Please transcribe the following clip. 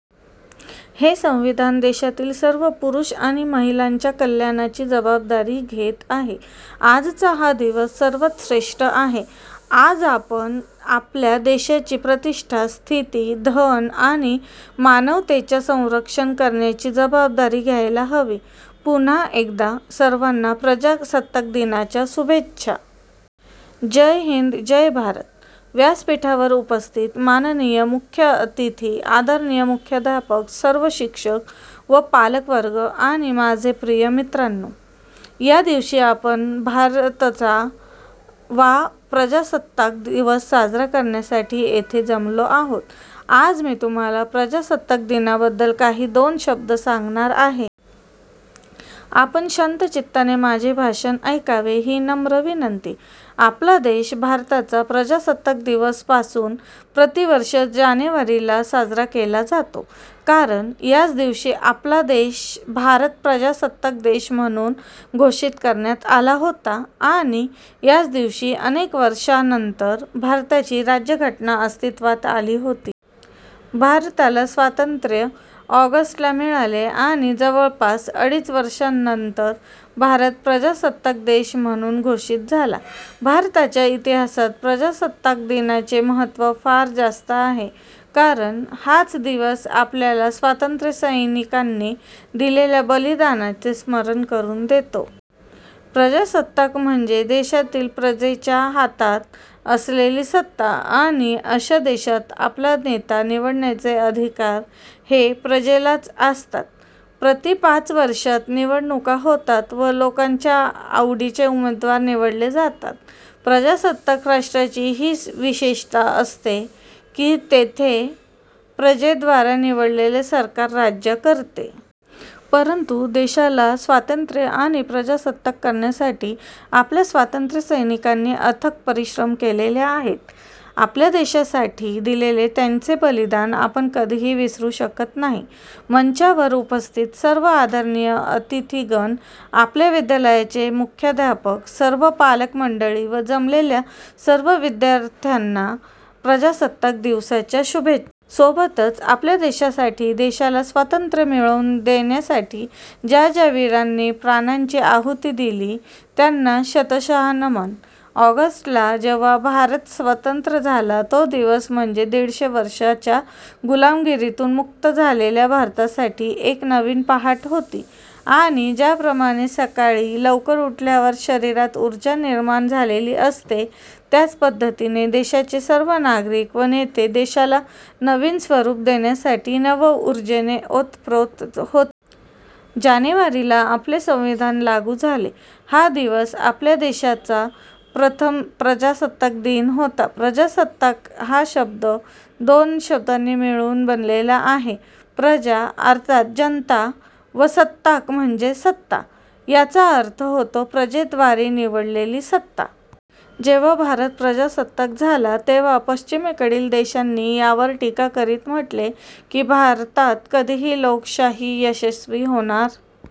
हे संविधान देशातील सर्व पुरुष आणि महिलांच्या कल्याणाची जवाबदारी घेत आहे. आजचा हा दिवस सर्वात श्रेष्ठ आहे, आज आपण आपल्या देशाची प्रतिष्ठा, स्थिति, धन आणि मानवतेच्या संरक्षण करण्याची जवाबदारी घ्यायला हवी. पुनः एकदा सर्वाना प्रजासत्ताक दिनाच्या शुभेच्छा. जय हिन्द जय भारत. व्यासपीठावर उपस्थित माननीय मुख्य अतिथी, आदरणीय मुख्याध्यापक, सर्व शिक्षक व पालक वर्ग आणि माझे प्रिय मित्रांनो. या दिवशी आपण भारतचा वा प्रजासत्ताक दिवस साजरा करण्यासाठी येथे जमलो आहोत. आज मी तुम्हाला प्रजासत्ताक दिनाबद्दल काही दोन शब्द सांगणार आहे. आपण शांतचित्ताने माझे भाषण एकावे ही नम्र विनंती. आपला देश भारताचा प्रजासत्ताक दिवस पासून प्रति वर्ष जानेवारी ला साजरा केला जातो. कारण याच दिवशी आपला देश भारत प्रजासत्ताक देश म्हणून घोषित करण्यात आला होता आणि याच दिवशी अनेक वर्षानंतर भारताची राज्यघटना अस्तित्वात आली होती. भारताला स्वातंत्र्य ऑगस्ट ला मिळाले आणि जवळपास अडीच वर्षानंतर भारत प्रजासत्ताक देश म्हणून घोषित झाला. भारताच्या इतिहासात प्रजासत्ताक दिनाचे महत्व फार जास्त आहे कारण हाच दिवस आपल्याला स्वातंत्र्यसैनिकांनी दिलेल्या बलिदानाचे स्मरण करून देतो. प्रजासत्ताक म्हणजे देशातील प्रजेच्या हातात असलेली सत्ता आणि अश्या देशात आपला नेता निवडण्याचे अधिकार हे प्रजेलाच असतात. प्रति पाच वर्षात निवडणुका होतात व लोकांच्या आवडीचे उमेदवार निवडले जातात. प्रजासत्ताक राष्ट्राची ही विशेषता असते की तेथे प्रजेद्वारा निवडलेले सरकार राज्य करते. परंतु देशाला स्वातंत्र्य आणि प्रजासत्ताक करण्यासाठी आपल्या स्वातंत्र्यसैनिकांनी अथक परिश्रम केलेले आहेत. आपल्या देशासाठी दिलेले त्यांचे बलिदान आपण कधीही विसरू शकत नाही. मंचावर उपस्थित सर्व आदरणीय अतिथिगण, आपल्या विद्यालयाचे मुख्यध्यापक, सर्व पालक मंडळी व जमलेल्या सर्व विद्ययार्थयाना प्रजासत्ताक दिवसाच्या शुभेच्छा. सोबतच आपल्या देशासाठी, देशाला स्वतंत्र मिळवून देण्यासाठी ज्या ज्या वीरांनी प्राणांची आहुति दिली त्यांना शत शत नमन. ऑगस्ट ला जेव्हा भारत स्वतंत्र झाला, तो दिवस म्हणजेच दीडशे वर्षाच्या गुलामगिरीतून मुक्त झालेल्या भारतासाठी एक नवीन पहाट होती आणि ज्याप्रमाणे सकाळी लवकर उठल्यावर शरीरात नवीन ऊर्जा निर्माण झालेली असते त्याच पद्धतीने देशाचे सर्व नागरिक व नेते देशाला नवीन स्वरूप देण्यासाठी नव उर्जेने ओतप्रोत होते. जानेवारी ला आपले संविधान लागू झाले, हा दिवस आपल्या देशाचा प्रथम प्रजासत्ताक दिन होता. 'प्रजासत्ताक' हा शब्द दोन शब्दांनी मिळून बनलेला आहे. 'प्रजा' अर्थात जनता व 'सत्ताक' म्हणजे सत्ता. याचा अर्थ होतो प्रजेद्वारे निवडलेली सत्ता. जेव्हा भारत प्रजासत्ताक झाला तेव्हा पश्चिमेकडील देशांनी यावर टीका करीत म्हटले की भारतात कधीही "लोकशाही" यशस्वी होणार